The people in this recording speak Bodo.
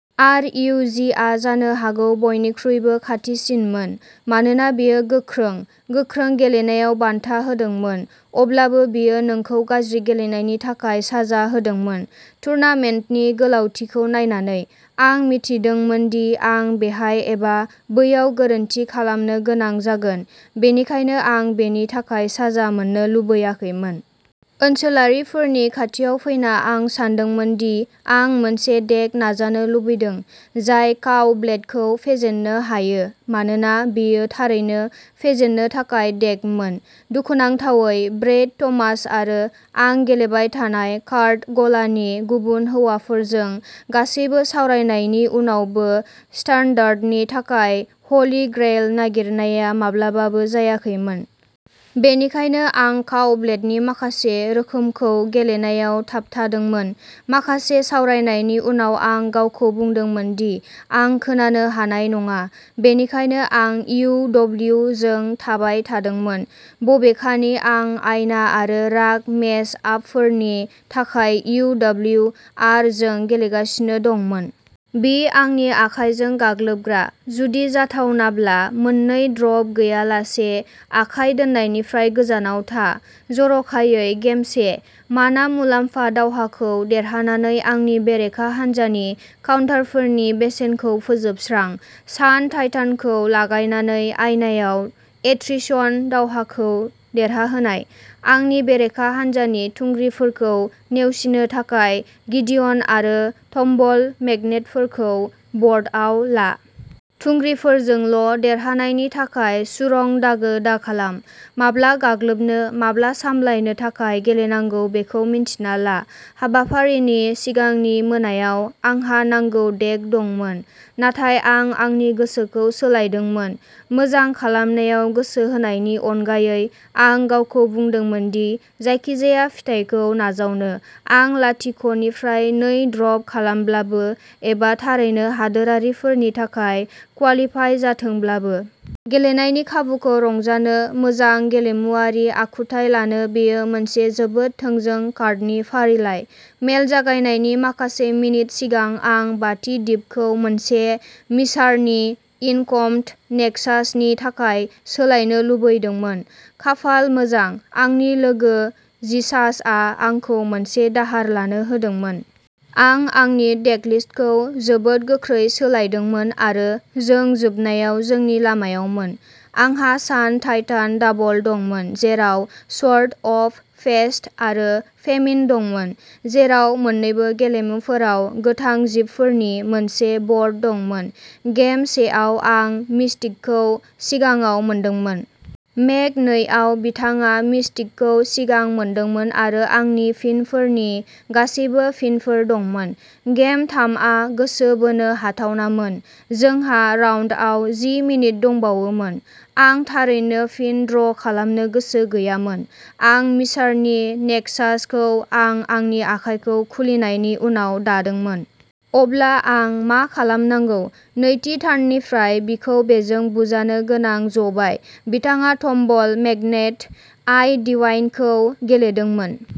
आर इउ जिआ जानो हागौ बयनिख्रुइबो खाथिसिनमोन मानोना बेयो गोख्रों, गोख्रों गेलेनायाव बान्था होदोंमोन। अब्लाबो, बेयो नोंखौ गाज्रि गेलेनायनि थाखाय साजा होदोंमोन। टुर्नामेन्टनि गोलावथिखौ नायनानै, आं मिथिदोंमोन दि आं बेहाय एबा बैयाव गोरोन्थि खालामनो गोनां जागोन, बेनिखायनो आं बेनि थाखाय साजा मोननो लुबैयाखैमोन। ओनसोलारिफोरनि खाथियाव फैना आं सानदोंमोन दि आं मोनसे डेक नाजानो लुबैदों जाय काव-ब्लेडखौ फेजेननो हायो मानोना बेयो थारैनो फेजेननो थाखाय डेकमोन। दुखुनांथावै, ब्रैड, थमास आरो आं गेलेबाय थानाय कार्ड गलानि गुबुन हौवाफोरजों गासैबो सावरायनायनि उनावबो स्टान्डार्डनि थाखाय हलि ग्रेइल नागिरनाया माब्लाबाबो जायाखैमोन। बेनिखायनो आं काव-ब्लेडनि माखासे रोखोमखौ गेलेनायाव थाबथादोंमोन। माखासे सावरायनायनि उनाव आं गावखौ बुंदोंमोन दि आं खोनानो हानाय नङा, बेनिखायनो आं इउ डब्लिउ जों थाबाय थादोंमोन, बबेखानि आं आयना आरो राग मेच-आपफोरनि थाखाय इउ डब्लिउ आर जों गेलेगासिनो दंमोन। बि आंनि आखाइजों गाग्लोबग्रा। जुदि जाथावनाब्ला मोननै ड्रप गैयालासे आखाइ दोननायनिफ्राय गोजानाव था, जर'खायै गेमसे। माना मुलाम्फा दावहाखौ देरहानानै आंनि बेरेखा हान्जानि काउन्टारफोरनि बेसेनखौ फोजोबस्रां। सान टाइटानखौ लागायनानै आयनायाव एट्रिशन दावहाखौ देरहाहोनाय। आंनि बेरेखा हान्जानि थुंग्रिफोरखौ नेवसिनो थाखाय गिडिय'न आरो टम्बल मैग्नेटफोरखौ बर्डआव ला। थुंग्रिफोरजोंल' देरहानायनि थाखाय सुरंग दागो दाखालाम। माब्ला गाग्लोबनो, माब्ला सामलायनो थाखाय गेलेनांगौ बेखौ मिन्थिना ला। हाबाफारिनि सिगांनि मोनायाव, आंहा नांगौ डेक दंमोन। नाथाय आं आंनि गोसोखौ सोलायदोंमोन। मोजां खालामनायाव गोसो होनायनि अनगायै, आं गावखौ बुंदोंमोन दि जायखिजाया फिथायखौ नाजावनो, आं लाथिख' निफ्राय नै ड्रप खालामब्लाबो एबा थारैनो हादोरारिफोरनि थाखाय कुवालिपाइ जाथोंब्लाबो। गेलेनायनि खाबुखौ रंजानो, मोजां गेलेमुआरि आखुथाय लानो बेयो मोनसे जोबोद थोंजों कार्डनि फारिलाइ। मेल जागायनायनि माखासे मिनिट सिगां आं बाथि दिपखौ मोनसे मिसारनि इनक्मथ नेक्सासनि थाखाय सोलायनो लुबैदोंमोन। खाफाल मोजां, आंनि लोगो जिसासआ आंखौ मोनसे दाहार लानो होदोंमोन। आं आंनि देकलिस्टखौ जोबोद गोख्रै सोलायदोंमोन आरो जों जोबनायाव जोंनि लामायावमोन। आंहा सान टाइटान डाबल दंमोन, जेराव स्वर्ड अफ फेस्ट आरो फेमिन दंमोन, जेराव मोन्नैबो गेलेमुफोराव गोथां जिबफोरनि मोनसे बर्ड दंमोन। गेम सेआव आं मिस्टिकखौ सिगाङाव मोनदोंमोन। मेक नैआव बिथाङा मिस्टिकखौ सिगां मोनदोंमोन आरो आंनि फिनफोरनि गासैबो फिनफोर दंमोन। गेम थामआ गोसो बोनो हाथावनामोन। जोंहा राउन्डआव जि मिनिट दंबावोमोन। आं थारैनो फिन ड्र खालामनो गोसो गैयामोन। आं मिसारनि नेक्सासखौ आं आंनि आखाइखौ खुलिनायनि उनाव दादोंमोन। अब्ला आं मा खालामनांगौ? नैथि टार्ननिफ्राय बिखौ बेजों बुजानो गोनां जबाय। बिथाङा टम्बल मैग्नेट, आइ डिवाइनखौ गेलेदोंमोन।